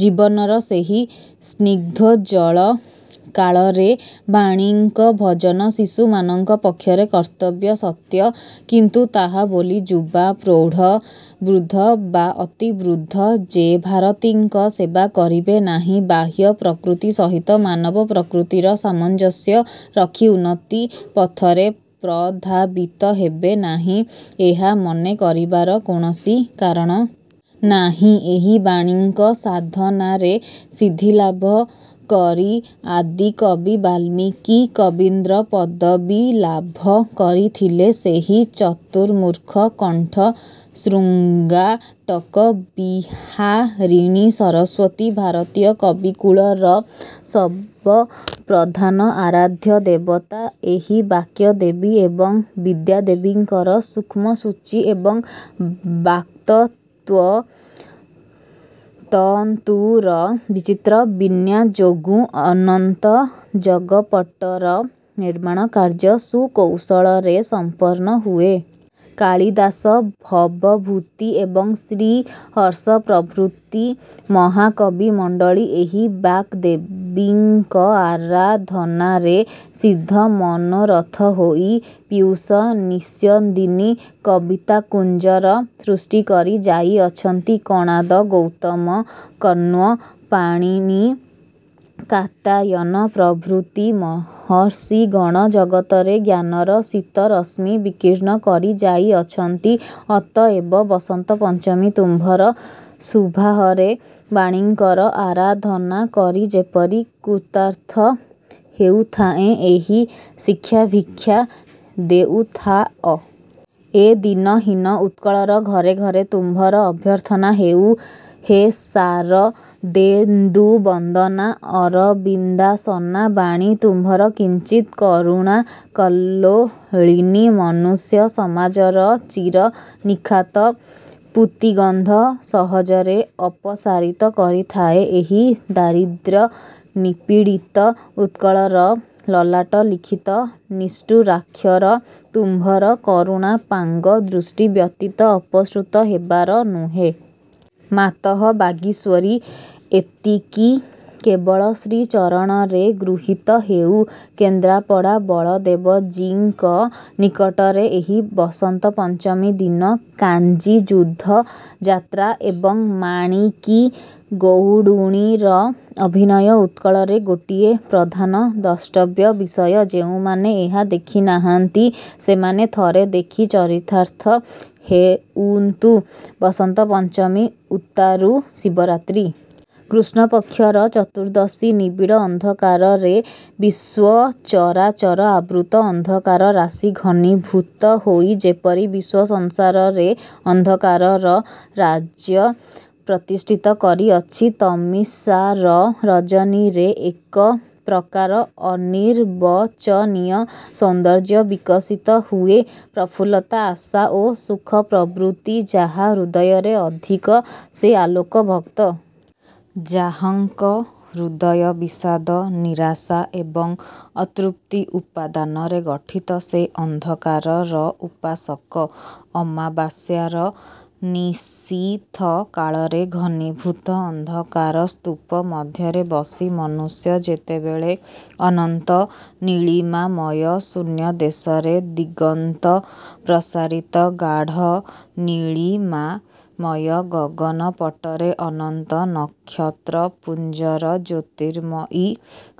ଜୀବନର ସେହି ସ୍ନିଗ୍ଧୋଜ୍ଜ୍ୱଳ-କାଳରେ ବାଣୀଙ୍କ ଭଜନ ଶିଶୁମାନଙ୍କ ପକ୍ଷରେ କର୍ତ୍ତବ୍ୟ ସତ୍ୟ, କିନ୍ତୁ ତାହା ବୋଲି ଯୁବା, ପ୍ରୌଢ଼, ବୃଦ୍ଧ ବା ଅତି ବୃଦ୍ଧ ଯେ ଭାରତୀଙ୍କ ସେବା କରିବେ ନାହିଁ-ବାହ୍ୟ ପ୍ରକୃତି ସହିତ ମାନବପ୍ରକୃତିର ସାମଞ୍ଜସ୍ୟ ରଖି ଉନ୍ନତିପଥରେ ପ୍ରଧାବିତ ହେବେ ନାହିଁ, ଏହା ମନେ କରିବାର କୌଣସି କାରଣ। ନାହିଁ। ଏହି ବାଣୀଙ୍କ ସାଧନାରେ ସିଦ୍ଧିଲାଭ କରି ଆଦିକବି ବାଲ୍ମୀକି କବୀନ୍ଦ୍ର-ପଦବି ଲାଭ କରିଥିଲେ। ସେହି ଚତୁର୍ମୁଖ-କଣ୍ଠ-ଶୃଙ୍ଗାଟକ-ବିହାରିଣୀ ସରସ୍ୱତୀ ଭାରତୀୟ କବିକୁଳର ସର୍ବପ୍ରଧାନ ଆରାଧ୍ୟ ଦେବତା। ଏହି ବାକ୍ୟଦେବୀ ଏବଂ ବିଦ୍ୟାଦେବୀଙ୍କର ସୂକ୍ଷ୍ମ-ସୂଚୀ ଏବଂ ବାକ୍ତତ୍ତ୍ୱତନ୍ତୁର ବିଚିତ୍ର ବିନ୍ୟାଯୋଗୁଁ ଅନନ୍ତ ଜଗତ୍ପଟର ନିର୍ମାଣ-କାର୍ଯ୍ୟ ସୁକୌଶଳରେ ସମ୍ପନ୍ନ ହୁଏ। କାଳିଦାସ, ଭବଭୂତି ଏବଂ ଶ୍ରୀହର୍ଷ ପ୍ରଭୃତି ମହାକବିମଣ୍ଡଳୀ ଏହି ବାଗ୍ଦେବୀଙ୍କ ଆରାଧନାରେ ସିଦ୍ଧମନୋରଥ ହୋଇ ପୀୟୁଷ-ନିଷ୍ୟନ୍ଦିନୀ-କବିତାକୁଞ୍ଜର ସୃଷ୍ଟି କରି ଯାଇଅଛନ୍ତି। କଣାଦ, ଗୌତମ, କଣ୍ୱ, ପାଣିନି, କାତ୍ୟାୟନ ପ୍ରଭୃତି ମହର୍ଷିଗଣ ଜଗତରେ ଜ୍ଞାନର ସିତ-ରଶ୍ମି ବିକୀର୍ଣ୍ଣ କରି ଯାଇଅଛନ୍ତି। ଅତଏବ ବସନ୍ତ-ପଞ୍ଚମୀ! ତୁମ୍ଭର ଶୁଭାହରେ ବାଣୀଙ୍କର ଆରାଧନା କରି ଯେପରି କୃତାର୍ଥ ହେଉଥାଏଁ, ଏହି ଶିକ୍ଷା-ଭିକ୍ଷା ଦେଉଥାଅ। ଏ ଦୀନ ହୀନ ଉତ୍କଳର ଘରେ ଘରେ ତୁମ୍ଭର ଅଭ୍ୟର୍ଥନା ହେଉ। ହେ ଶାରଦେନ୍ଦୁବନ୍ଦନା, ଅରବିନ୍ଦାସନା ବାଣି! ତୁମ୍ଭର କିଞ୍ଚିତ୍ କରୁଣା-କଲ୍ଲୋଳିନୀ ମନୁଷ୍ୟ ସମାଜର ଚିର ନିଖାତ ପୂତିଗନ୍ଧ ସହଜରେ ଅପସାରିତ କରିଥାଏ। ଏହି ଦାରିଦ୍ର୍ୟନିପୀଡ଼ିତ ଉତ୍କଳର ଲଲାଟ-ଲିଖିତ ନିଷ୍ଠୁରାକ୍ଷର ତୁମ୍ଭର କରୁଣାପାଙ୍ଗଦୃଷ୍ଟି ବ୍ୟତୀତ ଅପସୃତ ହେବାର ନୁହେ। ମାତଃ ବାଗୀଶ୍ୱରି! ଏତିକି କେବଳ ଶ୍ରୀଚରଣରେ ଗୃହୀତ ହେଉ। କେନ୍ଦ୍ରାପଡ଼ା ବଳଦେବଜୀଙ୍କ ନିକଟରେ ଏହି ବସନ୍ତ-ପଞ୍ଚମୀ ଦିନ କାଞ୍ଚୀ-ଯୁଦ୍ଧ-ଯାତ୍ରା ଏବଂ ମାଣିକୀ ଗଉଡ଼ୁଣୀର ଅଭିନୟ ଉତ୍କଳରେ ଗୋଟିଏ ପ୍ରଧାନ ଦ୍ରଷ୍ଟବ୍ୟ ବିଷୟ। ଯେଉଁମାନେ ଏହା ଦେଖି ନାହାନ୍ତି, ସେମାନେ ଥରେ ଦେଖି ଚରିତାର୍ଥ ହେଉନ୍ତୁ। ବସନ୍ତ-ପଞ୍ଚମୀ ଉତ୍ତାରୁ ଶିବରାତ୍ରି। କୃଷ୍ଣପକ୍ଷର ଚତୁର୍ଦ୍ଦଶୀ, ନିବିଡ଼ ଅନ୍ଧକାରରେ ବିଶ୍ୱଚରାଚର ଆବୃତ। ଅନ୍ଧକାର-ରାଶି ଘନୀଭୂତ ହୋଇ ଯେପରି ବିଶ୍ୱ ସଂସାରରେ ଅନ୍ଧକାରର ରାଜ୍ୟ ପ୍ରତିଷ୍ଠିତ କରିଅଛି। ତମିସ୍ରା ରଜନୀରେ ଏକ ପ୍ରକାର ଅନିର୍ବଚନୀୟ ସୌନ୍ଦର୍ଯ୍ୟ ବିକଶିତ ହୁଏ ପ୍ରଫୁଲ୍ଲତା, ଆଶା ଓ ସୁଖପ୍ରବୃତ୍ତି ଯାହା ହୃଦୟରେ ଅଧିକ, ସେ ଆଲୋକଭକ୍ତ। ଯାହାଙ୍କ ହୃଦୟ ବିଷାଦ, ନିରାଶା ଏବଂ ଅତୃପ୍ତି ଉପାଦାନରେ ଗଠିତ, ସେ ଅନ୍ଧକାରର ଉପାସକ। ଅମାବାସ୍ୟାର ନିଶୀଥ କାଳରେ ଘନୀଭୂତ ଅନ୍ଧକାରସ୍ତୂପ ମଧ୍ୟରେ ବସି ମନୁଷ୍ୟ ଯେତେବେଳେ ଅନନ୍ତ ନୀଳିମାମୟ ଶୂନ୍ୟଦେଶରେ ଦିଗନ୍ତପ୍ରସାରିତ ଗାଢ଼ନୀଳିମାମୟ ଗଗନପଟରେ ଅନନ୍ତ ନକ୍ଷତ୍ରପୁଞ୍ଜର ଜ୍ୟୋତିର୍ମୟୀ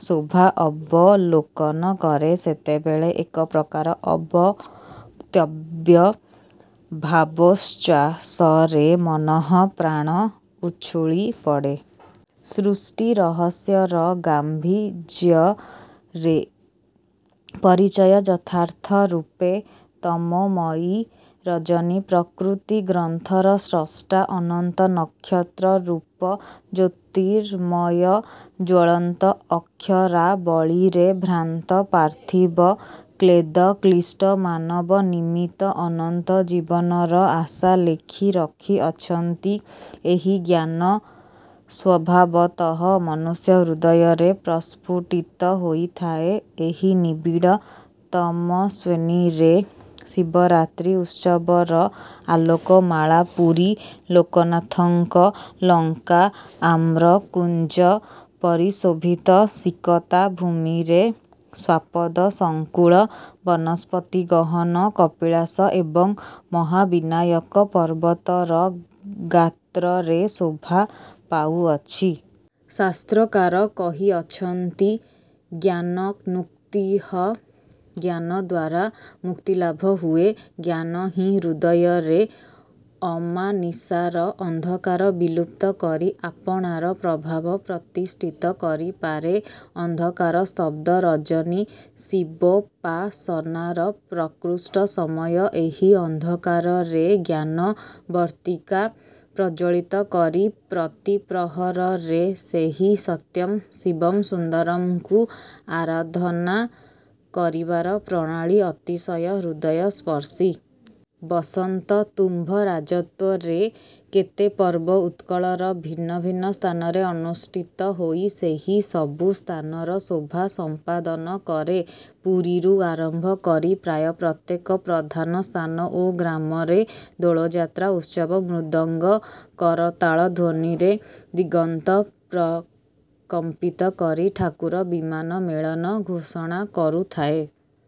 ଶୋଭା ଅବଲୋକନ କରେ, ସେତେବେଳେ ଏକପ୍ରକାର ଅବକ୍ତବ୍ୟ ଭାବୋଚ୍ଛ୍ୱାସରେ ମନଃପ୍ରାଣ ଉଛୁଳି ପଡ଼େ। ସୃଷ୍ଟିରହସ୍ୟର ଗାମ୍ଭୀର୍ଯ୍ୟର ପରିଚୟ ଯଥାର୍ଥରୂପେ ତମୋମୟୀ ରଜନୀ। ପ୍ରକୃତି-ଗ୍ରନ୍ଥର ସ୍ରଷ୍ଟା ଅନନ୍ତ-ନକ୍ଷତ୍ରରୂପ ଜ୍ୟୋତିର୍ମୟ ଜ୍ୱଳନ୍ତ ଅକ୍ଷରାବଳୀରେ ଭ୍ରାନ୍ତ ପାର୍ଥିବ-କ୍ଳେଦ-କ୍ଳିଷ୍ଟ ମାନବ ନିମିତ୍ତ ଅନନ୍ତ ଜୀବନର ଆଶା ଲେଖି ରଖିଅଛନ୍ତି, ଏହି ଜ୍ଞାନ ସ୍ୱଭାବତଃ ମନୁଷ୍ୟ ହୃଦୟରେ ପ୍ରସ୍ଫୁଟିତ ହୋଇଥାଏ। ଏହି ନିବିଡ଼ ତମସ୍ୱିନୀରେ ଶିବରାତ୍ରି ଉତ୍ସବର ଆଲୋକମାଳା ପୁରୀ-ଲୋକନାଥଙ୍କ ଲଙ୍କା-ଆମ୍ର-କୁଞ୍ଜ-ପରିଶୋଭିତ ସିକତା-ଭୂମିରେ, ଶ୍ୱାପଦ-ସଙ୍କୁଳ, ବନସ୍ପତିଗହନ କପିଳାସ ଏବଂ ମହାବିନାୟକ ପର୍ବତର ଗାତ୍ରରେ ଶୋଭା ପାଉଅଛି। ଶାସ୍ତ୍ରକାର କହିଅଛନ୍ତି, ''ଜ୍ଞାନନ୍ମୁକ୍ତିଃ''–ଜ୍ଞାନଦ୍ୱାରା ମୁକ୍ତିଲାଭ ହୁଏ। ଜ୍ଞାନହିଁ ହୃଦୟରେ ଅମାନିଶାର ଅନ୍ଧକାର ବିଲୁପ୍ତ କରି ଆପଣାର ପ୍ରଭାବ ପ୍ରତିଷ୍ଠିତ କରି ପାରେ। ଅନ୍ଧକାର-ସ୍ତବ୍ଧ ରଜନୀ ଶିବୋପାସନାର ପ୍ରକୃଷ୍ଟ ସମୟ। ଏହି ଅନ୍ଧକାରରେ ଜ୍ଞାନ ବର୍ତ୍ତିକା ପ୍ରଜ୍ୱଳିତ କରି ପ୍ରତି ପ୍ରହରରେ ସେହି ''ସତ୍ୟଂ ଶିବଂ ସୁନ୍ଦରଂ''ଙ୍କୁ ଆରାଧନା କରିବାର ପ୍ରଣାଳୀ ଅତିଶୟ ହୃଦୟସ୍ପର୍ଶୀ। ବସନ୍ତ! ତୁମ୍ଭ ରାଜତ୍ୱରେ କେତେ ପର୍ବ ଉତ୍କଳର ଭିନ୍ନ ଭିନ୍ନ ସ୍ଥାନରେ ଅନୁଷ୍ଠିତ ହୋଇ ସେହି ସବୁ ସ୍ଥାନର ଶୋଭା ସମ୍ପାଦନ କରେ। ପୁରୀରୁ ଆରମ୍ଭ କରି ପ୍ରାୟ ପ୍ରତ୍ୟେକ ପ୍ରଧାନ ସ୍ଥାନ ଓ ଗ୍ରାମରେ ଦୋଳଯାତ୍ରା ଉତ୍ସବ-ମୃଦଙ୍ଗ କରତାଳ ଧ୍ୱନିରେ ଦିଗନ୍ତ ପ୍ରକମ୍ପିତ କରି ''ଠାକୁର ବିମାନ-ମେଳନ'' ଘୋଷଣା କରୁଥାଏ।